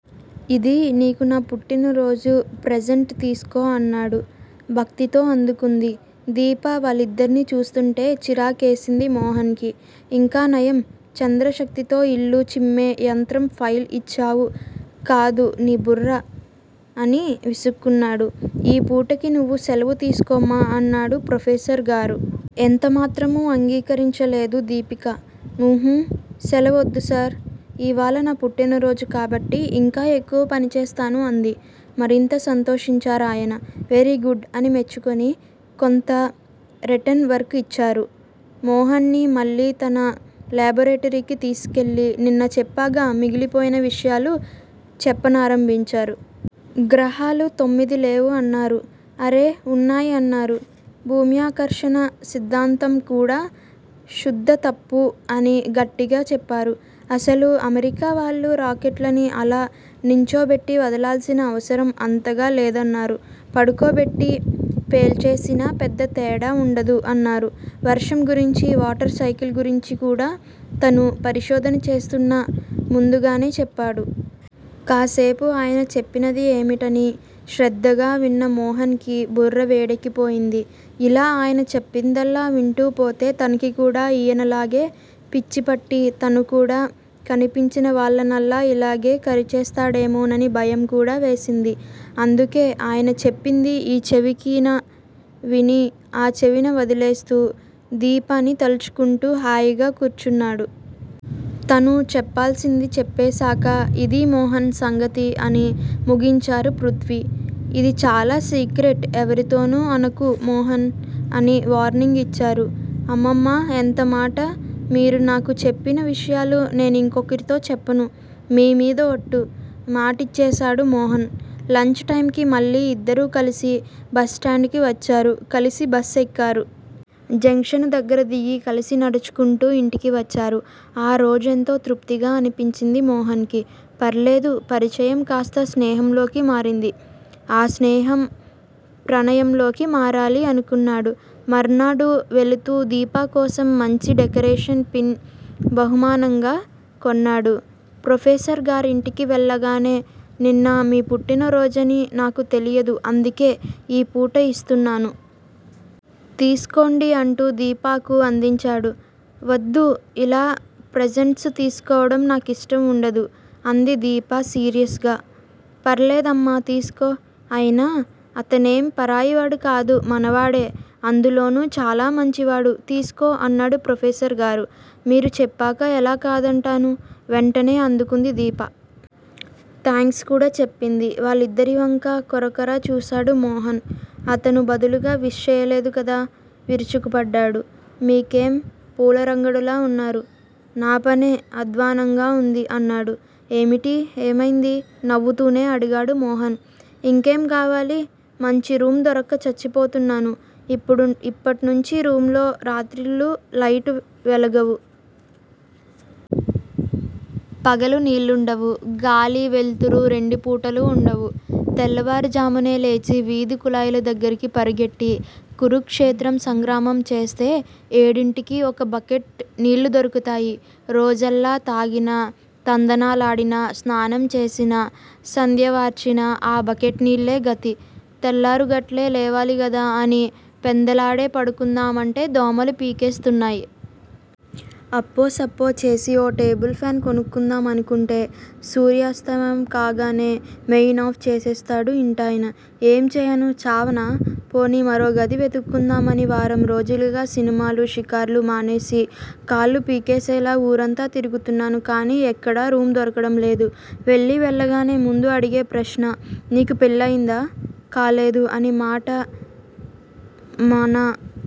ఇది నీకు నా పుట్టినారోజు ప్రజంట్ తీసుకో అన్నాడు. భక్తితో అందుకుంది. దీప వాళ్ళిద్దర్నీ చూస్తుంటే చిరాకేసింది మోహన్ కి. ఇంకానయం చంద్రశక్తితో ఇల్లు చిమ్మే యంత్రం ఫైల్ ఇచ్చావు కాదు నీ బుర్ర, అని విసుక్కున్నాడు. ఈ పూటకి నువ్వు సెలవు తీసుకోమ్మా! అన్నారు ప్రొఫెసర్ గారు. ఎంతమాత్రమూ అంగీకరించలేదు దీపిక ఉహు! సెలవొద్దు సార్! ఇవ్వాళ నా పుట్టినరోజు కాబట్టి ఇంకా ఎక్కువ పని చేస్తాను అంది. మరింత సంతోషించారాయన. వెరీగుడ్ అని మెచ్చుకొని కొంత రిటెన్ వర్కు ఇచ్చారు. మోహన్ ని మళ్ళీ తన లేబొరేటరీలోకి తీసికెళ్ళి నిన్న చెప్పగా మిగిలిపోయిన విషయాలు చెప్పనారంభించారు. గ్రహాలు తొమ్మిదిలేవు అన్నారు. ఆరే వున్నాయి అన్నారు. భూమ్యాకర్షణ సిద్దాంతంకూడా శుద్ధ తప్పు అని గట్టిగా చెప్పారు. అసలు అమెరికావాళ్ళు రాకెట్లని అలా నించోబెట్టి వదలాల్సిన అవసరం అంతగా లేదన్నారు. పడుకో బెట్టి పెల్చేసినా పెద్ద తేడా వుండదు అన్నారు. వర్షం గురించి వాటర్ సైకిల్ గురించికూడా తను పరిశోధన చేస్తున్నా ముందుగానే చెప్పారు. కాసేపు ఆయన చెప్పినది ఏమిటని శ్రద్ధగా విన్న మోహన్ కి బుర్ర వేడెక్కి పోయింది. ఇలా ఆయన చెప్పిందల్లా వింటూపోతే తనకికూడా ఈయనలాగే పిచ్చిపట్టి తను కూడా కనిపించినవాళ్ళనల్లా ఇలాగే కరిచేస్తాడేమో అని భయంకూడా వేసింది. అందుకే ఆయన చెప్పింది ఈ చెవిన విని ఆ చెవినవదిలేస్తూ దీపని తల్చుకుంటూ హాయిగా కూర్చున్నాడు. తను చెప్పాల్సింది చెప్పేశాక ఇదీ మోహన్ సంగతి అని ముగించారు పృధ్వి. ఇది చాలా సీక్రెట్. ఎవరితోనూ అనకు మోహన్! అని వార్నింగ్ ఇచ్చారు. అమ్మమ్మ! ఎంతమాట మీరు నాకు చెప్పిన విషయాలు నేనింకొకరితో చెప్పను. మీమీద ఒట్టు! మాటచ్చేసాడు మోహన్. లంచ్ టైంకి మళ్ళీ ఇద్దరూ కలిసి బస్టాండ్ కి వచ్చారు కలసి బస్ ఎక్కారు. జంక్షను దగ్గర దిగి కలసి నడుచుకుంటూ ఇంటికి వచ్చారు. ఆ రోజెంతో తృప్తిగా అనిపించింది మోహన్ కి. ఫర్వాలేదు పరిచయం కాస్తా స్నేహంలోకి మారింది. ఆ స్నేహం ప్రణయంలోకి మారాలి! అనుకున్నాడు. మర్నాడు వేళ్ళుతూ దీపకోసం మంచి డెకరేషన్ పీస్ బహుమానంగా కొన్నాడు. ప్రొఫెసరుగారింటికి వెళ్ళగానే నిన్న మీ పుట్టినరోజని నాకు తెలియదు అందుకే ఈ పూట యిస్తున్నాను. తీసుకోండి అంటూ దీపకి అందించాడు. వద్దు యిలా ప్రజంట్సు తీసుకోవడం నాకిష్టం వుండదు! అంది దీప సీరియాద్ గా. ఫర్వలేదమ్మా తీసుకో. అయినా అతనేం పరాయివాడుకాడు మనవాడే. అందులోనూ చాలా మంచివాడు. తీసుకో! అన్నారు ప్రొఫెసర్ గారు. మీరుచెప్పాక ఎలా కాదంటాను! వెంటనే అందుకుంది దీప. థాంక్స్ కూడా చెప్పింది. వాళ్ళిద్దరివంకా కొరకొరా చూశాడు మోహన్. అతను బదులుగా విష్ చెయ్యలేదుకదా, విరుచుకుపడ్డాడు. మీకేం పూలరంగడిలావున్నారు. నాపనే అధ్వానంగా వుంది! అన్నాడు. ఏమిటి? ఏమైంది? నవ్వుతూనే అడిగాడు మోహన్. ఇంకేం కావాలి? మంచి రూమ్ దొరక్క చచ్చిపోతున్నాను. ఇప్పుడుంటున్న రూమ్ లో రాత్రిళ్ళు లైట్లు వెలగవు. పగలు నీళ్ళుండవు. గాలీ, వెల్తురు రెండుపూటలూ వుండవు. తెల్లారుఝామున లేచి వీధి కుళాయిదగ్గరికి పరిగెట్టి కురుక్షేత్రం సంగ్రామంచేస్తే ఏడింటికి ఓ బక్కెట్ నీళ్ళు దొరుకుతాయి. రోజల్లా తాగినా తందనాలాడినా, స్నానం చేసినా, సంధ్యవార్చినా ఆ బకెట్ నీళ్ళే గతి. తెల్లారుగట్టే లేవాలికదా అని పెందలాడే పడుకుందామంటే దోమలు పీకేస్తాయి. అప్పోసప్పో చేసి ఓ టేబుల్ ఫ్యాను కొనుక్కుందాం అనుకుంటే సూర్యస్తమయం కాగానే మెయిన్ ఆఫ్ చేసేస్తాడు ఇంటాయన. ఏం చెయ్యను చావనా? పోనీ మరోగది వెతుక్కుందామని వారం రోజులుగా సినిమాలూ, షికార్లూ మానేసి కాళ్ళుపీకేసేలా ఊరంతా తిరుగుతున్నాను. కానీ ఎక్కడా రూమ్ దొరకడం లేదు. వెళ్ళీ వెళ్ళగానే ముందు అడిగే ప్రశ్ననీకు పెళ్ళయిందా? కాలేదు, అని మనమాట మన